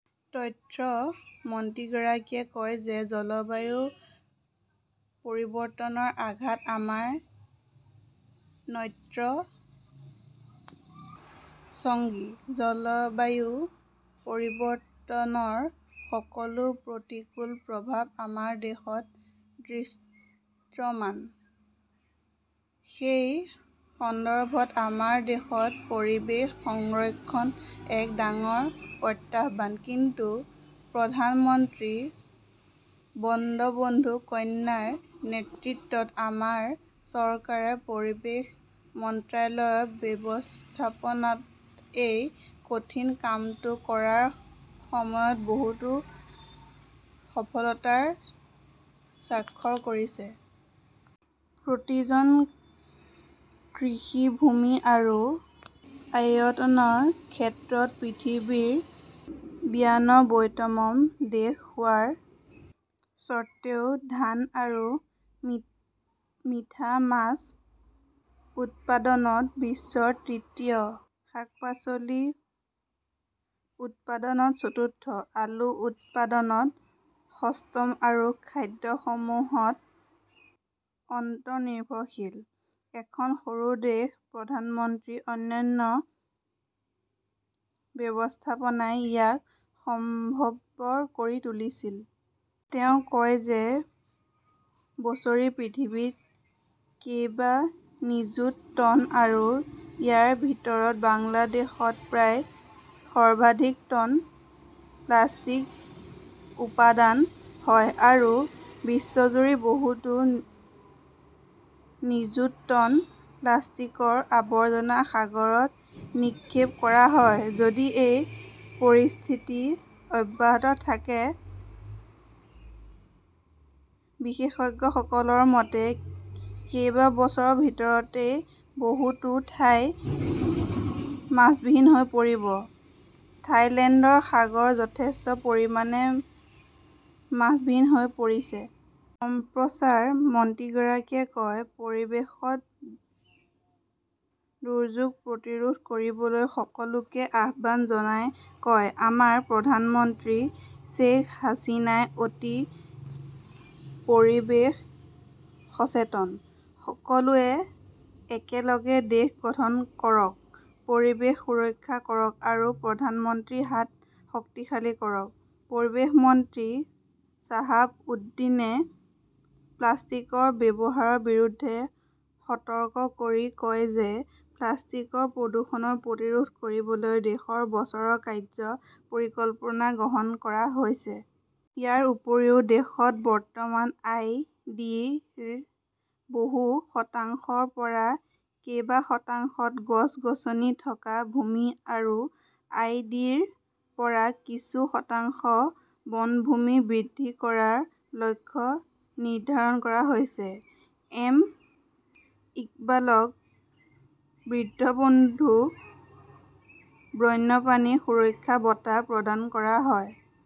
তথ্য মন্ত্ৰীগৰাকীয়ে কয় যে জলবায়ু পৰিৱৰ্তনৰ আঘাত আমাৰ নিত্য সঙ্গী। জলবায়ু পৰিৱৰ্তনৰ সকলো প্ৰতিকূল প্ৰভাৱ আমাৰ দেশত দৃশ্যমান। সেই সন্দৰ্ভত আমাৰ দেশত পৰিৱেশ সংৰক্ষণ এক ডাঙৰ প্ৰত্যাহ্বান। কিন্তু প্ৰধানমন্ত্ৰী বঙ্গবন্ধু কন্যাৰ নেতৃত্বত আমাৰ চৰকাৰে পৰিৱেশ মন্ত্ৰালয়ৰ ব্যৱস্থাপনাত সেই কঠিন কামটো কৰাৰ সময়ত বহুতো সফলতাৰ স্বাক্ষৰ কৰিছে। প্ৰতি জন কৃষি ভূমি আৰু আয়তনৰ ক্ষেত্ৰত পৃথিৱীৰ বিয়ান্নব্বৈতম দেশ হোৱাৰ স্বত্ত্বেও ধান আৰু মিঠা মাছ উৎপাদনত বিশ্বৰ তৃতীয়, শাক-পাচলি উৎপাদনত চতুৰ্থ, আলু উৎপাদনত সপ্তম আৰু খাদ্যশস্যত আত্মনিৰ্ভৰশীল। এখন সৰু দেশত প্ৰধানমন্ত্ৰীৰ অনন্য ব্যৱস্থাপনাই ইয়াক সম্ভৱ কৰি তুলিছিল। তেওঁ কয় যে বছৰি পৃথিৱীত কেইবা নিযুত টন আৰু ইয়াৰ ভিতৰত বাংলাদেশত প্ৰায় সৰ্বাধিক টন প্লাষ্টিক উৎপাদন হয় আৰু বিশ্বজুৰি বহুতো নিযুত টন প্লাষ্টিকৰ আৱৰ্জনা সাগৰত নিক্ষেপ কৰা হয়। যদি এই পৰিস্থিতি অব্যাহত থাকে, বিশেষজ্ঞসকলৰ মতে কেইবা বছৰৰ ভিতৰতেই বহুতো ঠাই মাছবিহীন হৈ পৰিব, থাইলেণ্ডৰ সাগৰ যথেষ্ট পৰিমাণে মাছবিহীন হৈ পৰিছে। সম্প্ৰচাৰ মন্ত্ৰীগৰাকীয়ে এই পৰিৱেশগত দুৰ্যোগ প্ৰতিৰোধ কৰিবলৈ সকলোকে আহ্বান জনাই কয়, "আমাৰ প্ৰধানমন্ত্ৰী শ্বেইখ হাছিনাই অতি পৰিৱেশ সচেতন। সকলোৱে একেলগে দেশ গঠন কৰক, পৰিৱেশ সুৰক্ষিত কৰক আৰু প্ৰধানমন্ত্ৰীৰ হাত শক্তিশালী কৰক"। পৰিৱেশ মন্ত্ৰী শ্বাহাব উদ্দীনে প্লাষ্টিকৰ ব্যৱহাৰৰ বিৰুদ্ধে সতৰ্ক কৰি কয় যে প্লাষ্টিকৰ প্ৰদূষণ প্ৰতিৰোধ কৰিবলৈ দহ বছৰৰ কাৰ্য্য পৰিকল্পনা গ্ৰহণ কৰা হৈছে। ইয়াৰ উপৰিও, দেশত বৰ্তমানৰ আই. ডি.ৰ বহু শতাংশৰ পৰা কেইবা শতাংশত গছ-গছনি থকা ভূমি আৰু আই. ডি. ৰ পৰা কিছু শতাংশত বনভূমি বৃদ্ধি কৰাৰ লক্ষ্য নিৰ্ধাৰণ কৰা হৈছে। এম. ইকবালক বঙ্গবন্ধু বন্যপ্ৰাণী সংৰক্ষণ বঁটা প্ৰদান কৰা হয়।